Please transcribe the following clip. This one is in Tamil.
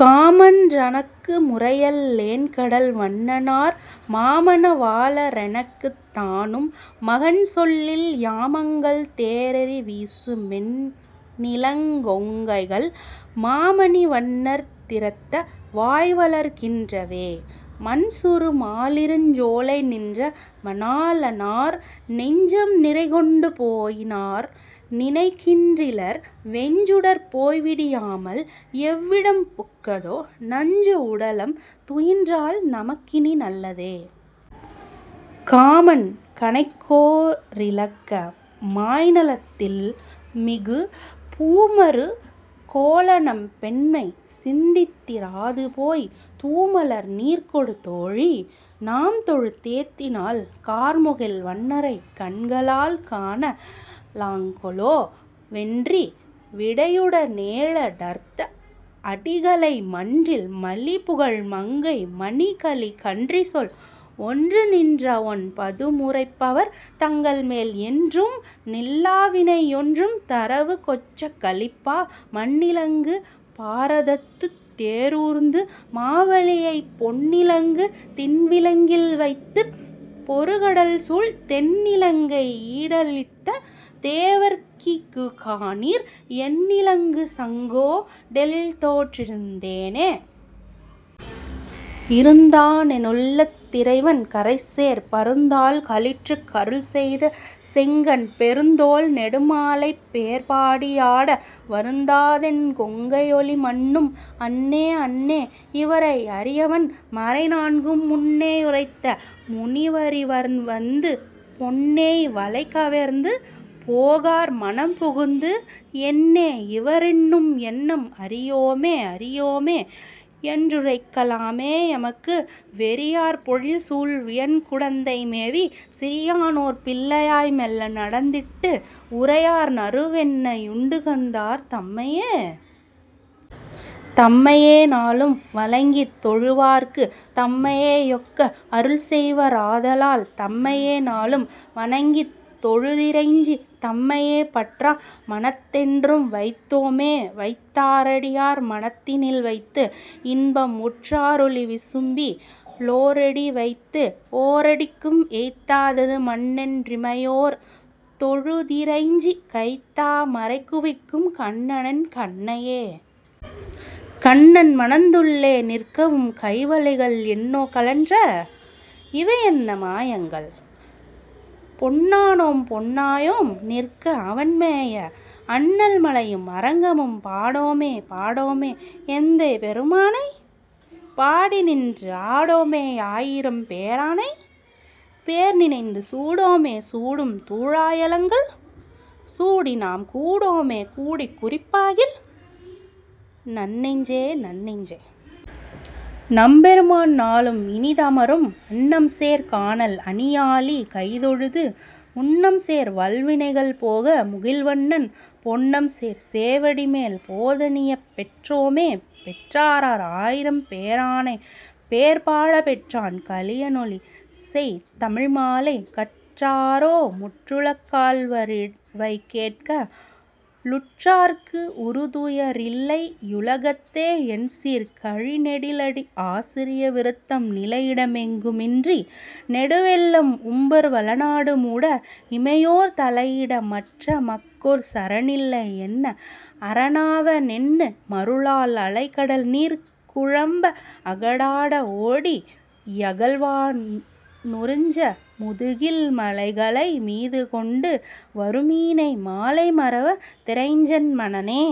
காமன் றனக்கு முரையல் லேன்கடல் வண்ணனார், மாமண வாள ரெனக்குத் தானும் மகன்சொல்லில், யாமங்கள் தோறெரி வீசு மென்னிளங் கொங்கைகள், மாமணி வண்ணர் திறத்த வாய்வளர் கின்றவே.. மன்சுறு மாலிருஞ் சோலை நின்ற மணாளனார், நெஞ்சம் நிறைகொண்டு போயி னார்நினை கின்றிலர், வெஞ்சுடர் போய்விடி யாமல் எவ்விடம் புக்கதோ, நஞ்சு உடலம் துயின்றால் நமக்கினி நல்லதே.. காமன் கணைக்கோ ரிலக்க மாய்நலத் தில்மிகு, பூமரு கோலநம் பெண்மை சிந்தித்தி ராதுபோய் தூமலர் நீர்கொடு தோழி. நாம்தொழு தேத்தினால் கார்முகில் வண்ணரைக் கண்க ளால்காண லாங் கொலோ.. வென்றி விடையுட னேழ டர்த்த அடிகளை, மன்றில் மலிபுகழ் மங்கை மன்கலி கன்றிசொல், ஒன்று நின்றவொன் பதுமு ரைப்பவர் தங்கள்மேல் என்றும் நில்லாவினை யொன்றும் தரவு கொச்சகக் கலிப்பா மன்னிலங்கு பாரதத்துத் தேரூர்ந்து, மாவலியைப் பொன்னிலங்கு திண்விலங்கில் வைத்துப் பொருகடல்சூழ் தென்னிலங்கை யீடழிட்ட தேவர்க் கிகுகாணீர் என்னிலங்கு சங்கோ டெழில்தோற் றிருந்தேனே.. இருந்தானெ னுள்ளத் திறைவன், கறைசேர் பருந்தாள் களிற்றுக் கருள்செய்த, செங்கண் பெருந்தோள் நெடுமாலைப் பேர்பாடி யாட வருந்தாதென் கொங்கை யொளிமன்னும் அன்னே.. அன்னே. இவரை யறிவன், மறைநான்கும் முன்னே யுரைத்த முனிவ ரிவர்வந்து பொன்னேய் வளைகவர்ந்து போகார் மனம்புகுந்து என்னே யிவரெண்ணும் எண்ணம் அறியோமே.. அறியோமே யென்றுரைக்க லாமே எமக்கு, வெறியார் பொழில்சூழ் வியன்குடந்தை மேவி, சிறியானோர் பிள்ளையாய் மெள்ள நடந்திட்டு உறியார் நறுவெண்ணெ யுண்டுகந்தார் தம்மையே?. தம்மையே நாளும் வணங்கித் தொழுவார்க்கு, தம்மையே யொக்க அருள்செய்வ ராதலால், தம்மையே நாளும் வணங்கித் தொழுதிறைஞ்சி, தம்மையே பற்றா மனத்தென்றும் வைத்தோமே.. வைத்தா ரடியார் மனத்தினில் வைத்து, இன்பம் உற்றா ரொளிவிசும்பி லோரடிவைத்து, ஓரடிக்கும் எய்த்தாது மண்ணென் றிமையோர் தொழுதிறைஞ்சி, கைத்தா மரைகுவிக்கும் கண்ணனென் கண்ணனையே. கண்ணன் மனத்துள்ளே நிற்கவும், கைவளைகள் என்னோ கழன்ற? இவையென்ன மாயங்கள்? பொண்ணானோம் பொண்மையோம் நிற்க, அவன்மேய, அண்ணல் மலையும் அரங்கமும் பாடோமே.. பாடோமே யெந்தை பெருமானை? பாடிநின்று ஆடோமே யாயிரம் பேரானை? பேர்நினைந்து சூடோமே சூடும் துழாயலங்கல்? சூடி, நாம் கூடோமே கூடக் குறிப்பாகில்? நன்னெஞ்சே.. நன்னெஞ்சே. நம்பெருமான் நாளும் இனிதமரும், அன்னம்சேர் கானல் அணியாலி கைதொழுது, முன்னம்சேர் வல்வினைகள் போக முகில்வண்ணன், பொன்னம்சேர் சேவடிமேல் போதணியப் பெற்றோமே.. பெற்றாரார் ஆயிரம் பேரானைப், பேர்பாடப் பெற்றான் கலிய னொலிசெய் தமிழ்மாலை, கற்றாரோ முற்றுல காள்வ ரிவைகேட்க லுற்றார்க்கு, உறுதுய ரில்லை யுலகத்தே எண்சீர்க் கழிநெடிலடி ஆசிரிய விருத்தம் நிலையிட மெங்கு மின்றி நெடுவெள்ளம் உம்பர் வளநாடு மூட இமையோர் தலையிட மற்றெ மக்கொர் சரணில்லை என்ன அரணாவ னென்னு மருளால் அலைகடல் நீர்க்கு ழம்ப அகடாட ஒடி யகல்வா னுரிஞ்ச, முதுகில் மலைகளை மீது கொண்டு வருமீனை மாலை மறவா திறைஞ்சென் மனனே..